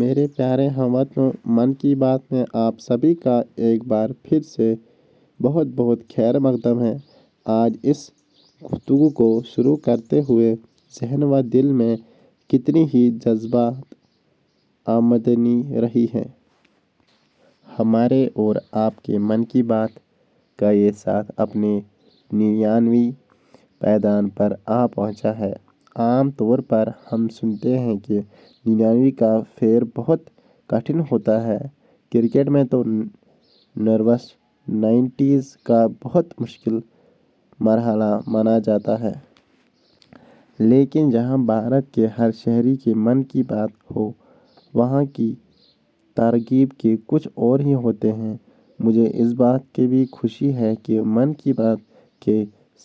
میرے پیارے ہم وطنو، 'من کی بات' میں آپ سبھی کا ایک بار پھر بہت بہت خیر مقدم ہے۔ آج اس گفتگو کو شروع کرتے ہوئے ذہن و دل میں کتنے ہی جذبات امنڈ رہے ہیں۔ ہمارا اور آپ کا 'من کی بات' کا یہ ساتھ، اپنے ننیانوے پائیدان پر آ پہنچا ہے۔ عام طور پر ہم سنتے ہیں کہ ننیانوے کا پھیر بہت کٹھن ہوتا ہے۔ کرکٹ میں تو 'نروَس نائنٹیز' کو بہت مشکل پڑاؤ مانا جاتا ہے۔ لیکن، جہاں بھارت کے ہر شہری کے 'من کی بات' ہو، وہاں کی ترغیب ہی کچھ اور ہوتی ہے۔ مجھے اس بات کی بھی خوشی ہے کہ 'من کی بات' کے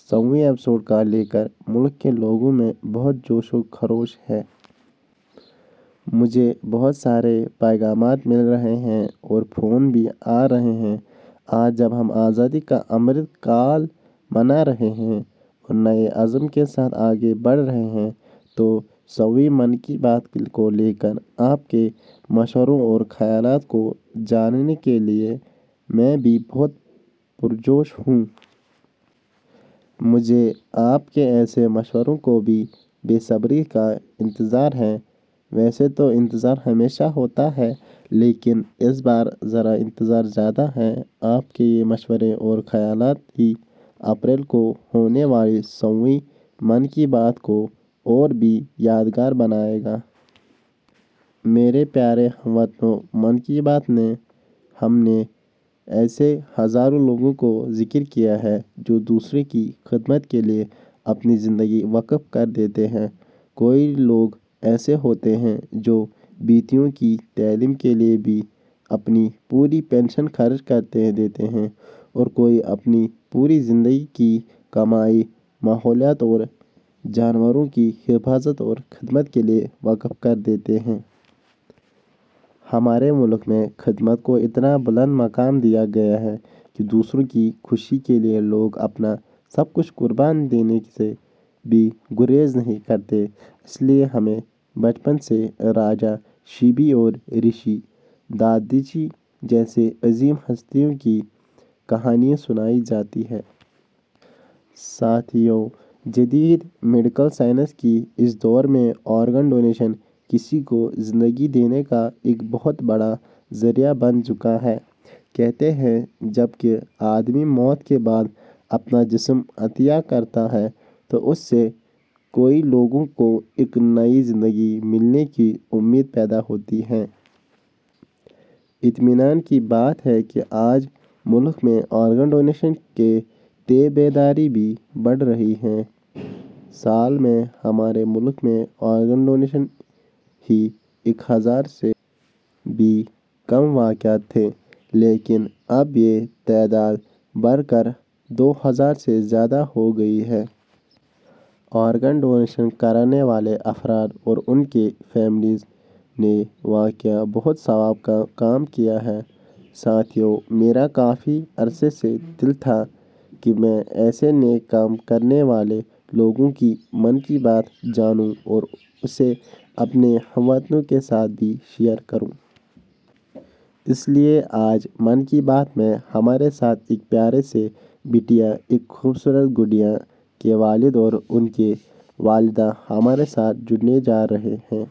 سوویں ایپی سوڈ کو لے کر ملک کے لوگوں میں بہت جوش ہے۔ مجھے بہت سارے پیغام مل رہے ہیں، فون آ رہے ہیں۔ آج جب ہم آزادی کا امرت کال منا رہے ہیں، نئے عزائم کے ساتھ آگے بڑھ رہے ہیں، تو سوویں 'من کی بات' کو لے کر، آپ کے مشوروں، اور خیالات کو جاننے کے لیے میں بھی بہت پرجوش ہوں۔ مجھے، آپ کے ایسے مشوروں کا بے صبری سے انتظار ہے۔ ویسے تو انتظار ہمیشہ ہوتا ہے لیکن اس بار ذرا انتظار زیادہ ہے۔ آپ کے یہ مشورے اور خیالات ہی اپریل کو ہونے والے سوویں 'من کی بات' کو اور یادگار بنائیں گے۔ میرے پیارے ہم وطنو، 'من کی بات' میں ہم نے ایسے ہزاروں لوگوں کی چرچہ کی ہے، جو دوسروں کی خدمت کے لیے اپنی زندگی وقف کر دیتے ہیں۔ کئی لوگ ایسے ہوتے ہیں جو بیٹیوں کی تعلیم کے لیے اپنی پوری پنشن لگا دیتے ہیں، کوئی اپنی پوری زندگی کی کمائی ماحولیات اور جانداروں کی خدمت کے لیے وقف کر دیتا ہے۔ ہمارے ملک میں خدمت کو اتنا اوپر رکھا گیا ہے کہ دوسروں کی خوشی کے لیے، لوگ اپنا سب کچھ قربان کر دینے سے بھی گریز نہیں کرتے۔ اس لیے تو ہمیں بچپن سے شیوی اور ددھیچی جیسے عظیم لوگوں کی کہانیاں سنائی جاتی ہیں۔ ساتھیو، جدید میڈیکل سائنس کے اس دور میں آرگن ڈونیشن، کسی کو زندگی دینے کا ایک بہت بڑا ذریعہ بن چکا ہے۔ کہتے ہیں، جب ایک آدمی موت کے بعد اپنا جسم عطیہ کرتا ہے، تو اس سے سے لوگوں کو ایک نئی زندگی ملنے کی امید بنتی ہے۔ اطمینان کی بات ہے کہ آج ملک میں آرگن ڈونیشن کے تئیں بیداری بھی بڑھ رہی ہے۔ سال میں، ہمارے ملک میں، آرگن ڈونیشن کے ہزار سے بھی کم معاملے تھے، لیکن میں، یہ تعداد بڑھ کر، ہزار سے زیادہ ہو گئی ہے۔ آرگن ڈونیشن کرنے والے افراد نے، ان کی فیملی نے، واقعی بہت ثواب کا کام کیا ہے۔ ساتھیو، میرا کافی عرصے سے من تھا کہ میں ایسا نیک کام کرنے والے لوگوں کے 'من کی بات' جانوں اور اسےہم وطنوں کے ساتھ بھی شیئر کروں۔ اس لیے آج 'من کی بات' میں ہمارے ساتھ ایک پیاری سی بٹیا، ایک خوبصورت گڑیا کے والد اور ان کی والدہ ہمارے ساتھ جڑنے جا رہے ہیں۔